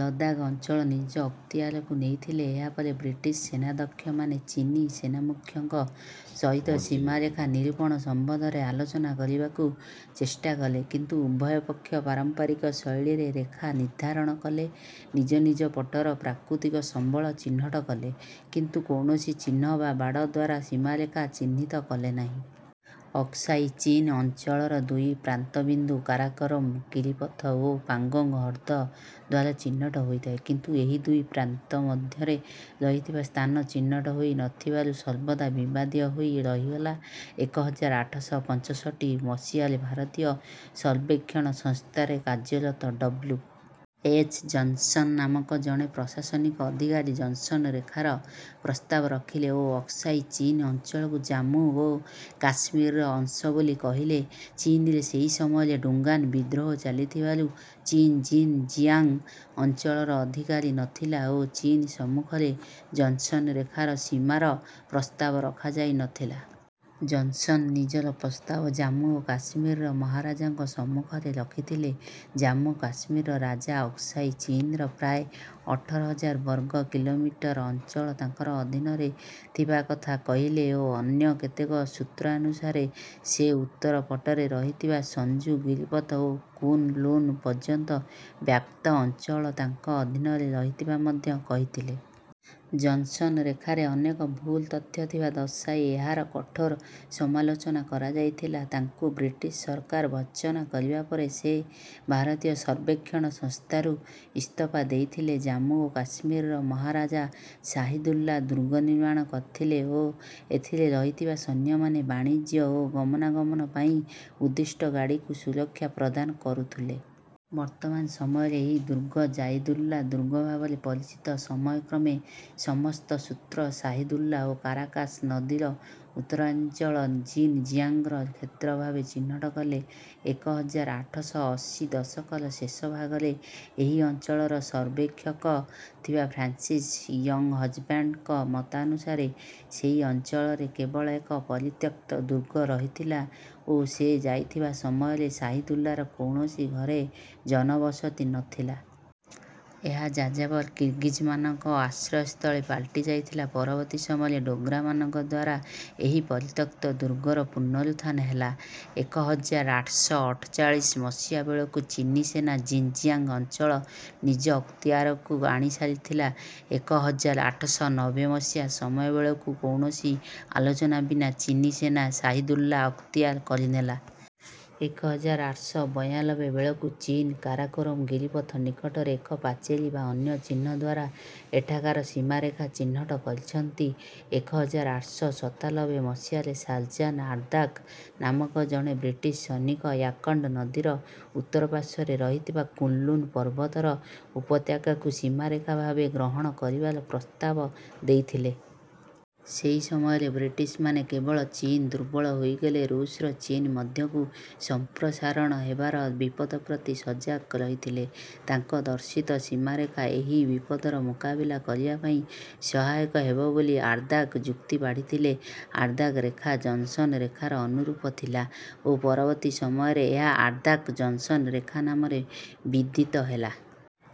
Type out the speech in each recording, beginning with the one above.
ଲଦାଖ୍ ଅଞ୍ଚଳ ନିଜ ଅକ୍ତିଆରକୁ ନେଇଥିଲେ। ଏହାପରେ ବ୍ରିଟିଶ୍ ସେନାଧ୍ୟକ୍ଷମାନେ ଚୀନୀ ସେନାମୁଖ୍ୟଙ୍କ ସହିତ ସୀମାରେଖା ନିରୂପଣ ସମ୍ବନ୍ଧରେ ଆଲୋଚନା କରିବାକୁ ଚେଷ୍ଟା କଲେ। କିନ୍ତୁ ଉଭୟ ପକ୍ଷ ପାରମ୍ପରିକ ଶୈଳୀରେ ରେଖା ନିର୍ଦ୍ଧାରଣ କଲେ, ନିଜ ନିଜ ପଟର ପ୍ରାକୃତିକ ସମ୍ବଳ ଚିହ୍ନଟ କଲେ, କିନ୍ତୁ କୌଣସି ଚିହ୍ନ ବା ବାଡ଼ ଦ୍ୱାରା ସୀମାରେଖା ଚିହ୍ନିତ କଲେ ନାହିଁ। ଅକ୍ସାଇ ଚୀନ୍ ଅଞ୍ଚଳର ଦୁଇ ପ୍ରାନ୍ତବିନ୍ଦୁ କାରାକୋରମ୍ ଗିରିପଥ ଓ ପାଙ୍ଗୋଙ୍ଗ୍ ହ୍ରଦ ଦ୍ୱାରା ଚିହ୍ନଟ ହୋଇଥାଏ। କିନ୍ତୁ ଏହି ଦୁଇ ପ୍ରାନ୍ତ ମଧ୍ୟରେ ରହିଥିବା ସ୍ଥାନ ଚିହ୍ନଟ ହୋଇ ନ ଥିବାରୁ ସର୍ବଦା ବିବାଦୀୟ ହୋଇ ରହିଗଲା। ଏକ ହଜାର ଆଠ ଶହ ପଞ୍ଚଷଠି ମସିହାରେ ଭାରତୀୟ ସର୍ବେକ୍ଷଣ ସଂସ୍ଥାରେ କାର୍ଯ୍ୟରତ ଡବ୍ଲୁ ଏଚ୍ ଜନ୍‌ସନ୍ ନାମକ ଜଣେ ପ୍ରଶାସନିକ ଅଧିକାରୀ ଜନ୍‌ସନ୍ ରେଖାର ପ୍ରସ୍ତାବ ରଖିଲେ ଓ ଅକ୍ସାଇ ଚୀନ୍ ଅଞ୍ଚଳକୁ ଜାମ୍ମୁ ଓ କାଶ୍ମୀରର ଅଂଶ ବୋଲି କହିଲେ। ଚୀନରେ ସେହି ସମୟରେ ଡୁଙ୍ଗାନ୍ ବିଦ୍ରୋହ ଚାଲିଥିବାରୁ ଚୀନ୍ ଜିନ୍ ଜିଆଙ୍ଗ୍ ଅଞ୍ଚଳର ଅଧିକାରୀ ନ ଥିଲା ଓ ଚୀନ୍ ସମ୍ମୁଖରେ ଜନ୍‌ସନ୍ ରେଖାର ସୀମାର ପ୍ରସ୍ତାବ ରଖାଯାଇ ନ ଥିଲା। ଜନ୍‌ସନ୍ ନିଜର ପ୍ରସ୍ତାବ ଜାମ୍ମୁ ଓ କାଶ୍ମୀରର ମହାରାଜାଙ୍କ ସମ୍ମୁଖରେ ରଖିଥିଲେ। ଜାମ୍ମୁ କାଶ୍ମୀରର ରାଜା ଅକ୍ସାଇ ଚୀନ୍‌ର ପ୍ରାୟ ଅଠର ହଜାର ବର୍ଗ କିଲୋମିଟର ଅଞ୍ଚଳ ତାଙ୍କର ଅଧୀନରେ ଥିବା କଥା କହିଲେ ଓ ଅନ୍ୟ କେତେକ ସୂତ୍ରାନୁସାରେ ସେ ଉତ୍ତର ପଟରେ ରହିଥିବା ସଂଜୁ ଗିରିପଥ ଓ କୁନ୍ ଲୁନ୍ ପର୍ଯ୍ୟନ୍ତ ବ୍ୟାପ୍ତ ଅଞ୍ଚଳ ତାଙ୍କ ଅଧୀନରେ ରହିଥିବା ମଧ୍ୟ କହିଥିଲେ। ଜନ୍‌ସନ୍ ରେଖାରେ ଅନେକ ଭୁଲ ତଥ୍ୟ ଥିବା ଦର୍ଶାଇ ଏହାର କଠୋର ସମାଲୋଚନା କରାଯାଇଥିଲା। ତାଙ୍କୁ ବ୍ରିଟିଶ୍ ସରକାର ଭର୍ତ୍ସନା କରିବା ପରେ ସେ ଭାରତୀୟ ସର୍ବେକ୍ଷଣ ସଂସ୍ଥାରୁ ଇସ୍ତଫା ଦେଇଥିଲେ। ଜାମ୍ମୁ ଓ କାଶ୍ମୀରର ମହାରାଜା ଶାହିଦୁଲ୍ଲା ଦୁର୍ଗ ନିର୍ମାଣ କରିଥିଲେ ଓ ଏଥିରେ ରହିଥିବା ସୈନ୍ୟମାନେ ବାଣିଜ୍ୟ ଓ ଗମନାଗମନ ପାଇଁ ଉଦ୍ଦିଷ୍ଟ ଗାଡ଼ିକୁ ସୁରକ୍ଷା ପ୍ରଦାନ କରୁଥିଲେ। ବର୍ତ୍ତମାନ ସମୟରେ ଏହି ଦୁର୍ଗ ଜାଇଦୁଲ୍ଲା ଦୁର୍ଗ ଭାବରେ ପରିଚିତ। ସମୟକ୍ରମେ ସମସ୍ତ ସୂତ୍ର ଶାହିଦୁଲ୍ଲା ଓ କାରାକାଶ୍ ନଦୀର ଉତ୍ତରାଞ୍ଚଳ ଜିନ୍‌ଜିଆଙ୍ଗ୍‌ର କ୍ଷେତ୍ର ଭାବେ ଚିହ୍ନଟ କଲେ। ଏକ ହଜାର ଆଠ ଶହ ଅଶୀ ଦଶକର ଶେଷ ଭାଗରେ ଏହି ଅଞ୍ଚଳର ସର୍ବେକ୍ଷକ ଥିବା ଫ୍ରାନ୍ସିସ୍ ୟଙ୍ଗ୍‌ହଜ୍‌ବ୍ୟାଣ୍ଡଙ୍କ ମତାନୁସାରେ ସେହି ଅଞ୍ଚଳରେ କେବଳ ଏକ ପରିତ୍ୟକ୍ତ ଦୁର୍ଗ ରହିଥିଲା ଓ ସେ ଯାଇଥିବା ସମୟରେ ଶାହିଦୁଲ୍ଲାର କୌଣସି ଘରେ ଜନବସତି ନ ଥିଲା। ଏହା ଯାଯାବର କିର୍‌ଗିଜ୍‌ମାନଙ୍କ ଆଶ୍ରୟସ୍ଥଳୀ ପାଲଟି ଯାଇଥିଲା। ପରବର୍ତ୍ତୀ ସମୟରେ ଡୋଗ୍ରାମାନଙ୍କ ଦ୍ୱାରା ଏହି ପରିତ୍ୟକ୍ତ ଦୁର୍ଗର ପୁନରୁତ୍ଥାନ ହେଲା। ଏକ ହଜାର ଆଠ ଶହ ଅଠଚାଳିଶ ମସିହା ବେଳକୁ ଚୀନୀ ସେନା ଜିନ୍‌ଜିଆଙ୍ଗ୍ ଅଞ୍ଚଳ ନିଜ ଅକ୍ତିଆରକୁ ଆଣିସାରିଥିଲା। ଏକ ହଜାର ଆଠ ଶହ ନବେ ମସିହା ସମୟ ବେଳକୁ କୌଣସି ଆଲୋଚନା ବିନା ଚୀନୀ ସେନା ଶାହିଦୁଲ୍ଲା ଅକ୍ତିଆର କରିନେଲା। ଏକ ହଜାର ଆଠ ଶହ ବୟାନବେ ବେଳକୁ ଚୀନ୍ କାରାକୋରମ୍ ଗିରିପଥ ନିକଟରେ ଏକ ପାଚେରୀ ବା ଅନ୍ୟ ଚିହ୍ନ ଦ୍ୱାରା ଏଠାକାର ସୀମାରେଖା ଚିହ୍ନଟ କରିଛନ୍ତି। ଏକ ହଜାର ଆଠ ଶହ ସତାନବେ ମସିହାରେ ସାର୍ ଜନ୍ ଆର୍ଦାଘ୍ ନାମକ ଜଣେ ବ୍ରିଟିଶ୍ ସୈନିକ ୟାର୍କଣ୍ଡ୍ ନଦୀର ଉତ୍ତର ପାର୍ଶ୍ୱରେ ରହିଥିବା କୁନ୍‌ଲୁନ୍ ପର୍ବତର ଉପତ୍ୟକାକୁ ସୀମାରେଖା ଭାବେ ଗ୍ରହଣ କରିବାର ପ୍ରସ୍ତାବ ଦେଇଥିଲେ। ସେହି ସମୟରେ ବ୍ରିଟିଶ୍‌ମାନେ କେବଳ ଚୀନ୍ ଦୁର୍ବଳ ହୋଇଗଲେ ଋଷ୍‌ର ଚୀନ୍ ମଧ୍ୟକୁ ସଂପ୍ରସାରଣ ହେବାର ବିପଦ ପ୍ରତି ସଜାଗ ରହିଥିଲେ। ତାଙ୍କ ଦର୍ଶିତ ସୀମାରେଖା ଏହି ବିପଦର ମୁକାବିଲା କରିବା ପାଇଁ ସହାୟକ ହେବ ବୋଲି ଆର୍ଦାଘ୍ ଯୁକ୍ତି ବାଢ଼ିଥିଲେ। ଆର୍ଦାଘ୍ ରେଖା ଜନ୍‌ସନ୍ ରେଖାର ଅନୁରୂପ ଥିଲା ଓ ପରବର୍ତ୍ତୀ ସମୟରେ ଏହା “ଆର୍ଦାଘ୍-ଜନ୍‌ସନ୍ ରେଖା” ନାମରେ ବିଦିତ ହେଲା।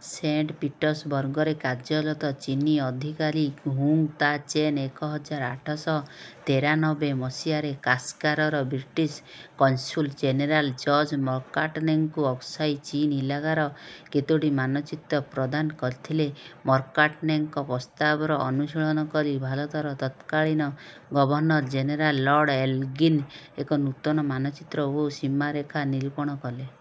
ସେଣ୍ଟ୍ ପିଟର୍ସବର୍ଗ୍‌ରେ କାର୍ଯ୍ୟରତ ଚୀନୀ ଅଧିକାରୀ ହୁଙ୍ଗ୍ ତାଚେନ୍ ଏକ ହଜାର ଆଠ ଶହ ତେରାନବେ ମସିହାରେ କାଶ୍‌ଗାର୍‌ର ବ୍ରିଟିଶ୍ କନ୍‌ସୁଲ୍ ଜେନେରାଲ୍ ଜର୍ଜ୍ ମକାର୍ଟ୍‌ନେଙ୍କୁ ଅକ୍ସାଇ ଚୀନ୍ ଇଲାକାର କେତୋଟି ମାନଚିତ୍ର ପ୍ରଦାନ କରିଥିଲେ। ମକାର୍ଟ୍‌ନେଙ୍କ ପ୍ରସ୍ତାବର ଅନୁଶୀଳନ କରି ଭାରତର ତତ୍କାଳୀନ ଗଭର୍ଣ୍ଣର୍ ଜେନେରାଲ୍ ଲର୍ଡ୍ ଏଲ୍‌ଗିନ୍ ଏକ ନୂତନ ମାନଚିତ୍ର ଓ ସୀମାରେଖା ନିରୂପଣ କଲେ।